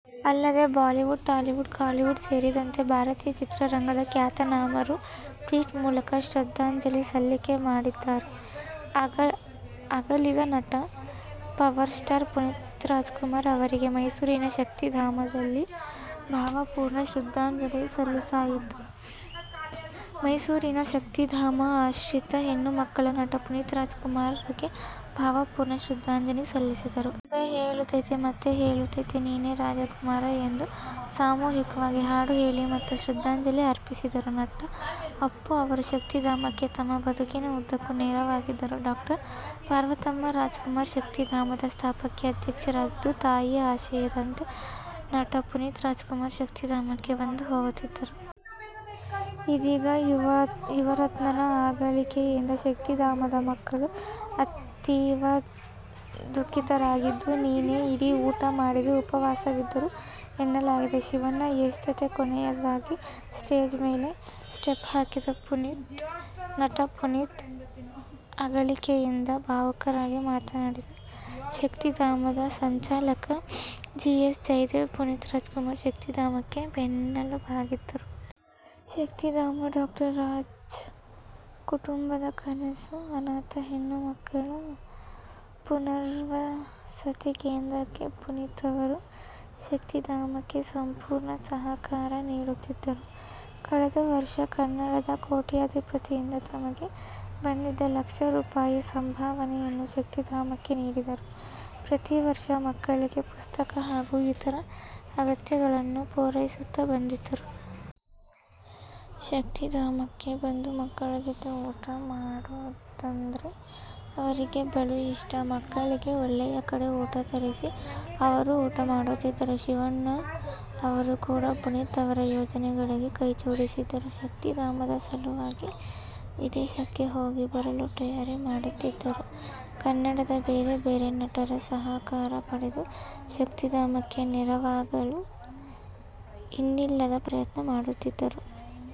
ಅಲ್ಲದೆ Bollywood, Tollywood, Kollywood ಸೇರಿದಂತೆ ಭಾರತೀಯ ಚಿತ್ರರಂಗದ ಖ್ಯಾತನಾಮರು ಟ್ವೀಟ್ ಮೂಲಕ ಶ್ರದ್ಧಾಂಜಲಿ ಸಲ್ಲಿಕೆ ಮಾಡಿದ್ದಾರೆ. ಅಗಲಿದ ನಟ ಪವರ್ ಸ್ಟಾರ್ ಪುನೀತ್ ರಾಜ್ ಕುಮಾರ್ ಅವರಿಗೆ ಮೈಸೂರಿನ ಶಕ್ತಿಧಾಮದಲ್ಲಿ ಭಾವ ಪೂರ್ಣ ಶ್ರದ್ಧಾಂಜಲಿ ಸಲ್ಲಿಸಲಾಯಿತು. ಮೈಸೂರಿನ ಶಕ್ತಿಧಾಮ ಆಶ್ರಿತ ಹೆಣ್ಣು ಮಕ್ಕಳು ನಟ ಪುನೀತ್ ರಾಜ್ ಕುಮಾರ್ ಗೆ ಭಾವ ಪೂರ್ಣ ಶ್ರದ್ಧಾಂಜಲಿ ಸಲ್ಲಿಸಿದರು. ಗೊಂಬೆ ಹೇಳುತೈತೆ.. ಮತ್ತೆ ಹೇಳುತೈತೆ? ನೀನೆ ರಾಜಕುಮಾರ ಎಂದು ಸಾಮೂಹಿಕವಾಗಿ ಹಾಡು ಹೇಳಿ ಮಕ್ಕಳು ಶ್ರದ್ದಾಂಜಲಿ ಅರ್ಪಿಸಿದರು. ನಟ ಅಪ್ಪು ಅವರು ಶಕ್ತಿಧಾಮಕ್ಕೆ ತಮ್ಮ ಬದುಕಿನ ಉದ್ದಕ್ಕೂ ನೆರವಾಗಿದ್ದರು. ಡಾ. ಪಾರ್ವತಮ್ಮ ರಾಜ್ ಕುಮಾರ್ ಶಕ್ತಿಧಾಮದ ಸ್ಥಾಪಕ ಅಧ್ಯಕ್ಷರಾಗಿದ್ದು, ತಾಯಿಯ ಆಶಯದಂತೆ ನಟ ಪುನೀತ್ ರಾಜ್ ಕುಮಾರ್ ಶಕ್ತಿಧಾಮಕ್ಕೆ ಬಂದು ಹೋಗುತ್ತಿದ್ದರು. ಇದೀಗ ಯುವರತ್ನನ ಅಗಲಿಕೆಯಿಂದ ಶಕ್ತಿಧಾಮದ ಮಕ್ಕಳು ಅತೀವ ದು:ಖಿತರಾಗಿದ್ದು ನಿನ್ನೆ ಇಡೀ ಊಟ ಮಾಡದೆ ಉಪವಾಸವಿದ್ದರು ಎನ್ನಲಾಗಿದೆ. ಶಿವಣ್ಣ, ಯಶ್ ಜೊತೆ ಕೊನೆಯದಾಗಿ ಸ್ಟೇಜ್ ಮೇಲೆ ಸ್ಟೆಪ್ ಹಾಕಿದ್ದ ಪುನೀತ್! ನಟ ಪುನೀತ್ ಅಗಲಿಕೆಯಿಂದ ಭಾವುಕರಾಗಿ ಮಾತನಾಡಿದ ಶಕ್ತಿಧಾಮದ ಸಂಚಾಲಕ ಜಿ. ಎಸ್. ಜಯದೇವ್, ಪುನೀತ್ ರಾಜ್ ಕುಮಾರ್ ಶಕ್ತಿಧಾಮಕ್ಕೆ ಬೆನ್ನೆಲುಬಾಗಿದ್ದರು. ಶಕ್ತಿಧಾಮ ಡಾ. ರಾಜ್ ಕುಟುಂಬದ ಕನಸು. ಅನಾಥ ಹೆಣ್ಣು ಮಕ್ಕಳ ಪುನರ್ವಸತಿ ಕೇಂದ್ರಕ್ಕೆ, ಪುನೀತ್ ಅವರು ಶಕ್ತಿಧಾಮಕ್ಕೆ ಸಂಪೂರ್ಣ ಸಹಕಾರ ನೀಡುತ್ತಿದ್ದರು. ಕಳೆದ ವರ್ಷ ಕನ್ನಡದ ಕೋಟ್ಯಧಿಪತಿಯಿಂದ ತಮಗೆ ಬಂದಿದ್ದ ಲಕ್ಷ ರೂಪಾಯಿ ಸಂಭಾವನೆಯನ್ನು ಶಕ್ತಿಧಾಮಕ್ಕೆ ನೀಡಿದ್ದರು. ಪ್ರತೀ ವರ್ಷ ಮಕ್ಕಳಿಗೆ ಪುಸ್ತಕ ಹಾಗೂ ಇತರ ಅಗತ್ಯತೆಗಳನ್ನು ಪೂರೈಸುತ್ತಾ ಬಂದಿದ್ದರು. ಶಕ್ತಿಧಾಮಕ್ಕೆ ಬಂದು ಮಕ್ಕಳ ಜೊತೆ ಊಟ ಮಾಡೋದಂದ್ರೆ ಅವರಿಗೆ ಬಲು ಇಷ್ಟ. ಮಕ್ಕಳಿಗೆ ಒಳ್ಳೆಯ ಕಡೆ ಊಟ ತರಿಸಿ ಅವರೂ ಊಟ ಮಾಡುತ್ತಿದ್ದರು. ಶಿವಣ್ಣ ಅವರೂ ಕೂಡ ಪುನೀತ್ ಅವರ ಯೋಜನೆಗಳಿಗೆ ಕೈಜೋಡಿಸಿದ್ದರು. ಶಕ್ತಿಧಾಮದ ಸಲುವಾಗಿ ವಿದೇಶಕ್ಕೆ ಹೋಗಿ ಬರಲು ತಯಾರಿ ಮಾಡುತ್ತಿದ್ದರು. ಕನ್ನಡದ ಬೇರೆ ಬೇರೆ ನಟರ ಸಹಕಾರ ಪಡೆದು ಶಕ್ತಿಧಾಮಕ್ಕೆ ನೆರವಾಗಲು ಇನ್ನಿಲ್ಲದ ಪ್ರಯತ್ನ ಮಾಡುತ್ತಿದ್ದರು.